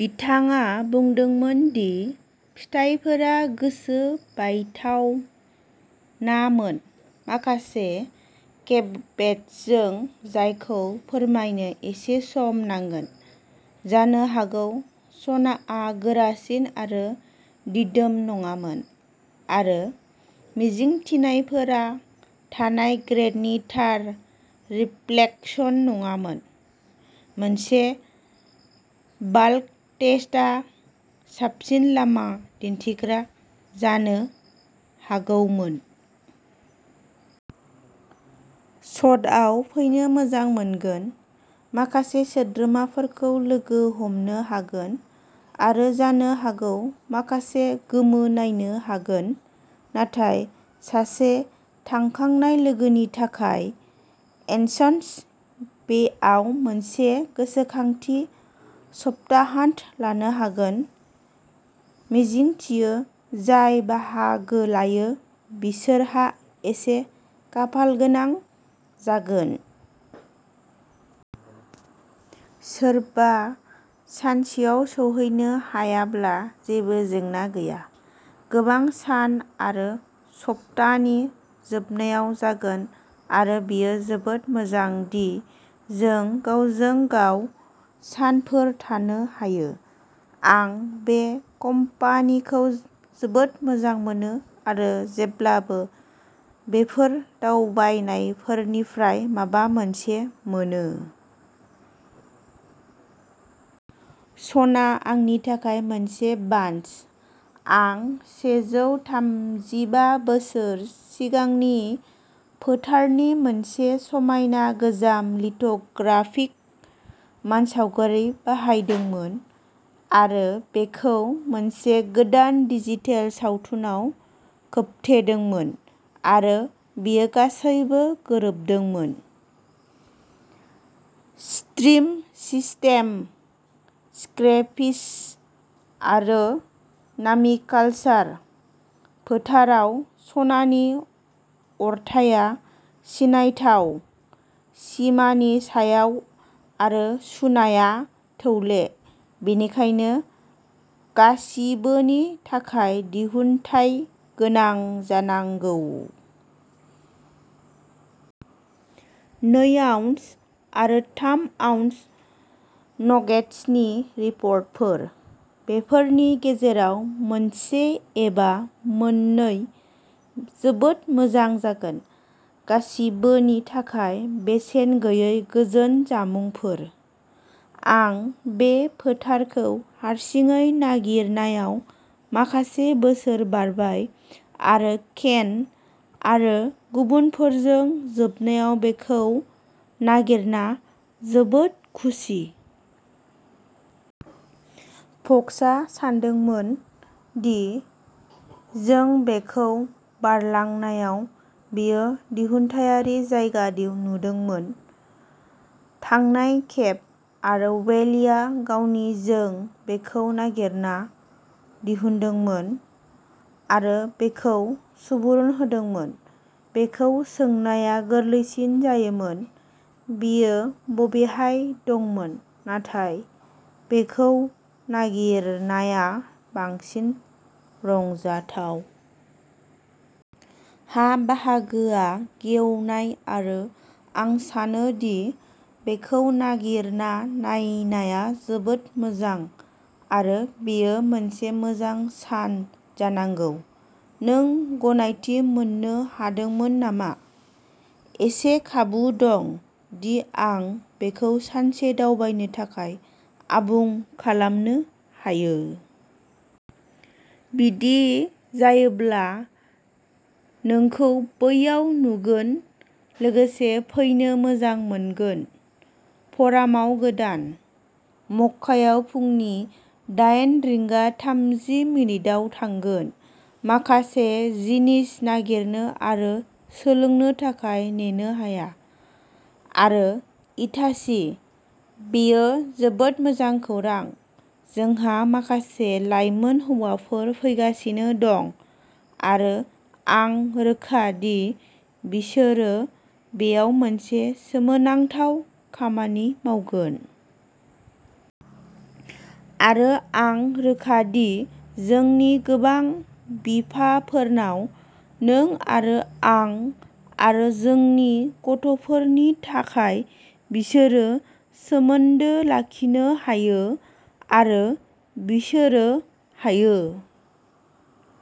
बिथाङा बुंदोंमोन दि फिथायफोरा गोसो बायथावनामोन, माखासे केभेट्सजों जायखौ फोरमायनो एसे सम नांगोन। जानो हागौ सनाआ गोरासिन आरो दिदोम नङामोन, आरो मिजिंथिनायफोरा थानाय ग्रेडनि थार रिफ्लेकसन नङामोन। मोनसे बाल्क टेस्टआ साबसिन लामा दिन्थिग्रा जानो हागौमोन। सतआव फैनो मोजां मोनगोन, माखासे सोद्रोमाफोरखौ लोगो हमनो हागोन आरो जानो हागौ माखासे गोमो नायनो हागोन नाथाय सासे थांखांनाय लोगोनि थाखाय एनसन्स बेआव मोनसे गोसोखांथि सप्ताहान्त लानो हागोन। मिजिंथियो जाय बाहागो लायो बिसोरहा एसे खाफालगोनां जागोन। सोरबा सानसेयाव सौहैनो हायाब्ला जेबो जेंना गैया। गोबां सान आरो सप्तानि जोबनायाव जागोन आरो बेयो जोबोद मोजां दि जों गावजों-गाव सानफोर थानो हायो। आं बे कम्पानीखौ जोबोद मोजां मोनो आरो जेब्लाबो बेफोर दावबायनायफोरनिफ्राय माबा मोनसे मोनो। सना आंनि थाखाय मोनसे बानस। आं सेजौथामजिबा बोसोर सिगांनि फोथारनि मोनसे समायना गोजाम लिथ'ग्राफिक मानसावगारि बाहायदोंमोन आरो बेखौ मोनसे गोदान डिजिटेल सावथुनाव खोबथेदोंमोन आरो बेयो गासैबो गोरोबदोंमोन। स्ट्रिम सिस्टेम, स्क्रेपिस आरो नामिकालसार। फोथाराव सनानि अरथाइया सिनायथाव सिमानि सायाव आरो सुनाया थौले, बेनिखायनो गासिबोनि थाखाय दिहुनथाय गोनां जानांगौ। नै आउन्स आरो थाम आउन्स नगेट्सनि रिपर्टफोर। बेफोरनि गेजेराव मोनसे एबा मोननै, जोबोद मोजां जागोन। गासिबोनि थाखाय बेसेन गैयै गोजोन जामुंफोर। आं बे फोथारखौ हारसिङै नागिरनायाव माखासे बोसोर बारबाय आरो केन आरो गुबुनफोरजों जोबनायाव बेखौ नागिरना जोबोद खुसि। फक्सआ सानदोंमोन दि जों बेखौ बारलांनायाव बेयो दिहुनथायारि जायगा दि नुदोंमोन। थांनाय खेब। आरो वेलिआ गावनि जों बेखौ नागिरना दिहुनदोंमोन आरो बेखौ सुबुरुन होदोंमोन। बेखौ सोंनाया गोरलैसिन जायोमोन, बेयो बबेहाय दंमोन। नाथाय बेखौ नागिरनाया बांसिन रंजाथाव। हा बाहागोआ गेवनाय आरो आं सानो दि बेखौ नागिरना नायनाया जोबोद मोजां आरो बेयो मोनसे मोजां सान जानांगौ। नों गनायथि मोन्नो हादोंमोन नामा? इसे खाबु दं दि आं बेखौ सानसे दावबायनो थाखाय आबुं खालामनो हायो। बिदि जायोब्ला, नोंखौ बैयाव नुगोन लोगोसे फैनो मोजां मोनगोन, फ'रामाव गोदान। मक्कायाव फुंनि डायेन रिंगा थामजि मिनिताव थांगोन, माखासे जिनिस नागिरनो आरो सोलोंनो थाखाय नेनो हाया। आरो इटासि, बेयो जोबोद मोजां खौरां। जोंहा माखासे लाइमोन हौवाफोर फैगासिनो दं आरो आं रोखा दि बिसोरो बेयाव मोनसे सोमोनांथाव खामानि मावगोन। आरो आं रोखा दि जोंनि गोबां बिफाफोरनाव नों आरो आं आरो जोंनि गथ'फोरनि थाखाय बिसोरो सोमोन्दो लाखिनो हायो आरो बिसोर हायो।